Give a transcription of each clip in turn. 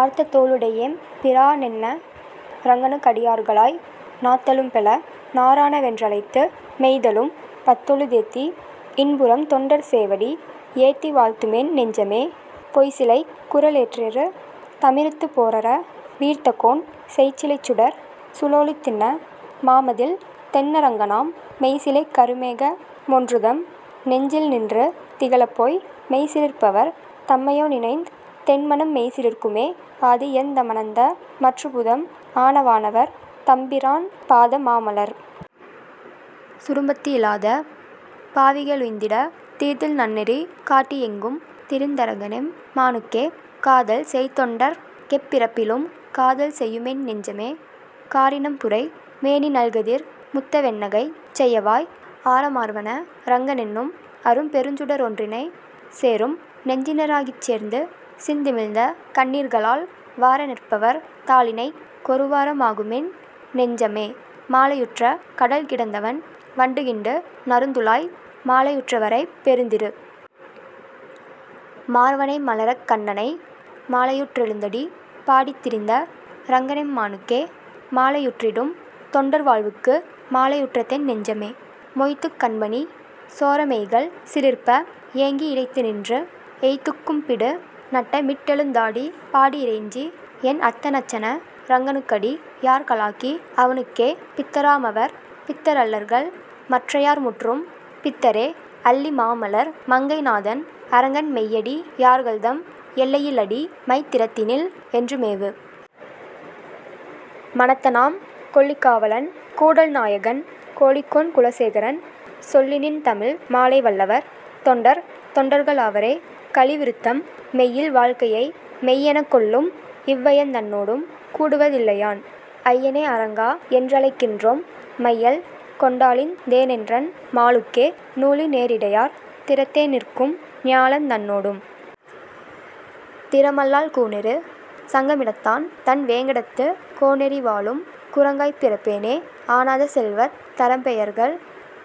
ஆர்த்ததோளுடை யெம்பிரானென்ன ரங்கனுக்கடி யார்களாய் நாத்தழும்பெழ நாரணாவென்ற ழைத்துமெய்தழும் பத்தொழு தேத்தி, இன்புறும் தொண்டர்சேவடி ஏத்திவாழ்த்துமென் நெஞ்சமே பொய்சிலைக்குர லேற்றெருத்தமி றுத்துபோரர வீர்த்தகோன் செய்சிலைச்சுடர் சூழொளித்திண்ண மாமதிள்தென்ன ரங்கனாம் மெய்சிலைக்கரு மேகமொன்றுதம் நெஞ்சில்நின்று திகழப்போய் மெய்சிலிர்ப்பவர் தம்மையேநினைந் தென்மனம்மெய்சி லிர்க்குமே ஆதியந்தம னந்தமற்புதம் ஆனவானவர் தம்பிரான் பாதமாமலர் சூடும்பத்தியி லாதபாவிக ளுய்ந்திட தீதில்நன்னெரி காட்டியெங்கும் திரிந்தரங்கனெம் மானுக்கே காதல்செய்தொண்டர்க் கெப்பிறப்பிலும் காதல்செய்யுமென் னெஞ்சமே காரினம்புரை மேனிநல்கதிர் முத்தவெண்ணகைச் செய்யவாய் ஆரமார்வ னரங்கனென்னும் அரும்பெருஞ்சுட ரொன்றினை சேரும்நெஞ்சின ராகிச்சேர்ந்துக சிந்திழிந்தகண் ணீர்களால் வாரநிற்பவர் தாளிணைக்கொரு வாரமாகுமென் னெஞ்சமே மாலையுற்றக டல்கிடந்தவன் வண்டுகிண்டுந றுந்துழாய் மாலையுற்றவ ரைப்பெருந்திரு மார்வனைமலர்க் கண்ணனை மாலையுற்றெழுந் தடிப்பாடித்தி ரிந்தரங்கனெம் மானுக்கே மாலையுற்றிடும் தொண்டர்வாழ்வுக்கு மாலையுற்றதென் நெஞ்சமே மொய்த்துக்கண்பனி சோரமெய்கள்சி லிர்ப்பஏங்கி யிளைத்துநின்று எய்த்துக்கும்பிடு நட்டமிட்டெழுந் தாடிப்பாடியி றைஞ்சி, என் அத்தனச்ச னரங்கனுக்கடி யார்களாகி அவனுக்கே பித்தராமவர் பித்தரல்லர்கள் மற்றையார்முற்றும் பித்தரே அல்லிமாமலர் மங்கைநாதன் அரங்கன்மெய்யடி யார்கள்தம் எல்லையிலடி மைத்திறத்தினில் என்றுமேவு மனத்தனாம் கொல்லிகாவலன் கூடல்நாயகன் கோழிக்கோன்குல சேகரன் சொல்லினின்தமிழ் மாலைவல்லவர் தொண்டர்தொண்டர்க ளாவரே கலி விருத்தம் மெய்யில் வாழ்க்கையை மெய்யெனக் கொள்ளும்இவ் வையந் தன்னொடும் கூடுவ தில்லையான் ஐய னேஅரங் காஎன்ற ழைக்கின்றேன் மையல் கொண்டாழிந் தேனென்றன் மாலுக்கே நூலி னேரிடை யார்திறத் தேநிற்கும் ஞாலந் தன்னொடும் திறமல்லால் கூனேறு சங்க மிடத்தான்தன் வேங்கடத்து கோனேரி வாழும் குருகாய்ப் பிறப்பேனே ஆனாத செல்வத் தரம்பையர்கள்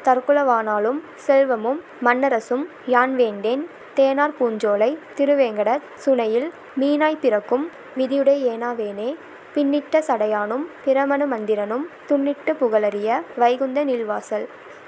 தற்குழ வானாளும் செல்வமும் மண்ணரசும் யான்வேண்டேன் தேனார்பூஞ் சோலைத் திருவேங்க டச்சுனையில் மீனாய்ப் பிறக்கும் விதியுடையே னாவேனே பின்னிட்ட சடையானும் பிரமனு மந்திரனும் துன்னிட்டு புகலரிய வைகுந்த நீள்வாசல்